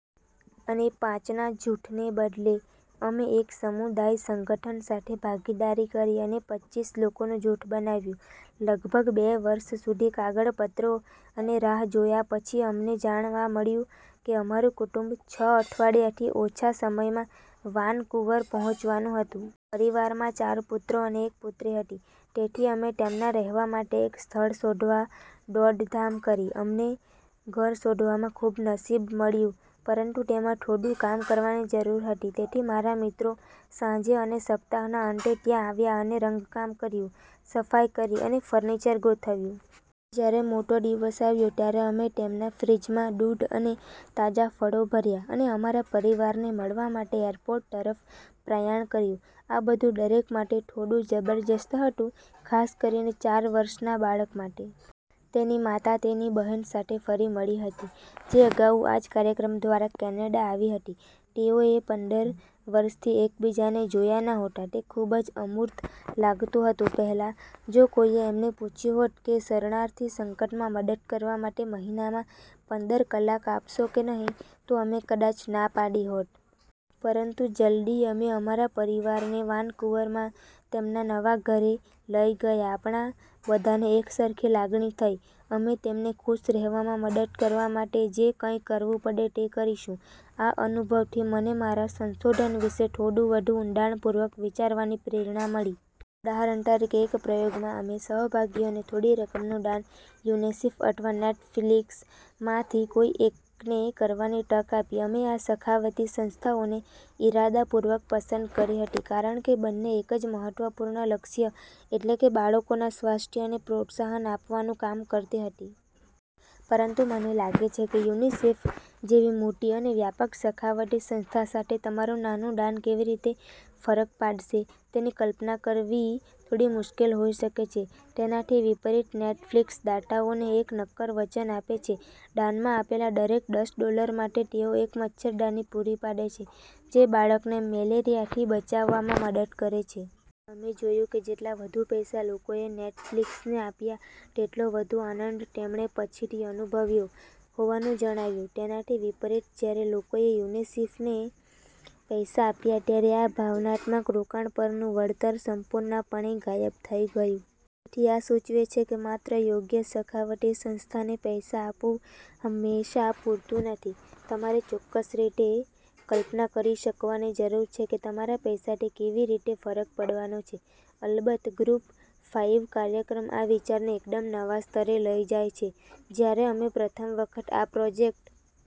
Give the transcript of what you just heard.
અને પાંચના જૂથને બદલે, અમે એક સમુદાય સંગઠન સાથે ભાગીદારી કરી અને પચીસ લોકોનું જૂથ બનાવ્યું. લગભગ બે વર્ષ સુધી કાગળપત્રો અને રાહ જોયા પછી, અમને જાણવા મળ્યું કે અમારું કુટુંબ છ અઠવાડિયાથી ઓછા સમયમાં વાનકુવર પહોંચવાનું હતું. પરિવારમાં ચાર પુત્રો અને એક પુત્રી હતી. તેથી અમે તેમના રહેવા માટે એક સ્થળ શોધવા દોડધામ કરી. અમને ઘર શોધવામાં ખૂબ નસીબ મળ્યું, પરંતુ તેમાં થોડું કામ કરવાની જરૂર હતી. તેથી મારા મિત્રો સાંજે અને સપ્તાહના અંતે ત્યાં આવ્યા અને રંગકામ કર્યું, સફાઈ કરી અને ફર્નિચર ગોઠવ્યું. જ્યારે મોટો દિવસ આવ્યો, ત્યારે અમે તેમના ફ્રિજમાં દૂધ અને તાજાં ફળો ભર્યાં અને અમારા પરિવારને મળવા માટે એરપોર્ટ તરફ પ્રયાણ કર્યું. આ બધું દરેક માટે થોડું જબરજસ્ત હતું, ખાસ કરીને ચાર વર્ષના બાળક માટે. તેની માતા તેની બહેન સાથે ફરી મળી હતી, જે અગાઉ આ જ કાર્યક્રમ દ્વારા કેનેડા આવી હતી. તેઓએ પંદર વર્ષથી એકબીજાને જોયા નહોતા. તે ખૂબ જ અમૂર્ત લાગતું હતું. પહેલાં, જો કોઈએ અમને પૂછ્યું હોત કે શરણાર્થી સંકટમાં મદદ કરવા માટે મહિનામાં પંદર કલાક આપશો કે નહીં, તો અમે કદાચ ના પાડી હોત. પરંતુ જલદી અમે અમારા પરિવારને વાનકુવરમાં તેમના નવા ઘરે લઈ ગયા, આપણા બધાને એકસરખી લાગણી થઈ: અમે તેમને ખુશ રહેવામાં મદદ કરવા માટે જે કંઈ કરવું પડે તે કરીશું. આ અનુભવથી મને મારા સંશોધન વિશે થોડું વધુ ઊંડાણપૂર્વક વિચારવાની પ્રેરણા મળી. ઉદાહરણ તરીકે, એક પ્રયોગમાં અમે સહભાગીઓને થોડી રકમનું દાન યુનિસેફ અથવા નેટફ્લિક્સમાંથી કોઈ એકને કરવાની તક આપી. અમે આ સખાવતી સંસ્થાઓને ઇરાદાપૂર્વક પસંદ કરી હતી, કારણ કે બંને એક જ મહત્વપૂર્ણ લક્ષ્ય, એટલે કે બાળકોના સ્વાસ્થ્યને પ્રોત્સાહન આપવાનું કામ કરતી હતી. પરંતુ મને લાગે છે કે યુનિસેફ જેવી મોટી અને વ્યાપક સખાવતી સંસ્થા સાથે, તમારું નાનું દાન કેવી રીતે ફરક પાડશે તેની કલ્પના કરવી થોડી મુશ્કેલ હોઈ શકે છે. તેનાથી વિપરીત, નેટફ્લિક્સ દાતાઓને એક નક્કર વચન આપે છે: દાનમાં આપેલા દરેક દસ ડોલર માટે તેઓ એક મચ્છરદાની પૂરી પાડે છે, જે બાળકને મેલેરિયાથી બચાવવામાં મદદ કરે છે. અમે જોયું કે જેટલા વધુ પૈસા લોકોએ નેટફ્લિક્સને આપ્યા, તેટલો વધુ આનંદ તેમણે પછીથી અનુભવ્યો હોવાનું જણાવ્યું. તેનાથી વિપરીત, જ્યારે લોકોએ યુનિસેફને પૈસા આપ્યા ત્યારે આ ભાવનાત્મક રોકાણ પરનું વળતર સંપૂર્ણપણે ગાયબ થઈ ગયું. તેથી આ સૂચવે છે કે માત્ર યોગ્ય સખાવતી સંસ્થાને પૈસા આપવું હંમેશાં પૂરતું નથી. તમારે ચોક્કસ રીતે કલ્પના કરી શકવાની જરૂર છે કે તમારા પૈસાથી કેવી રીતે ફરક પડવાનો છે. અલબત્ત, ગ્રુપ ફાઇવ કાર્યક્રમ આ વિચારને એકદમ નવા સ્તરે લઈ જાય છે. જ્યારે અમે પ્રથમ વખત આ પ્રોજેક્ટ...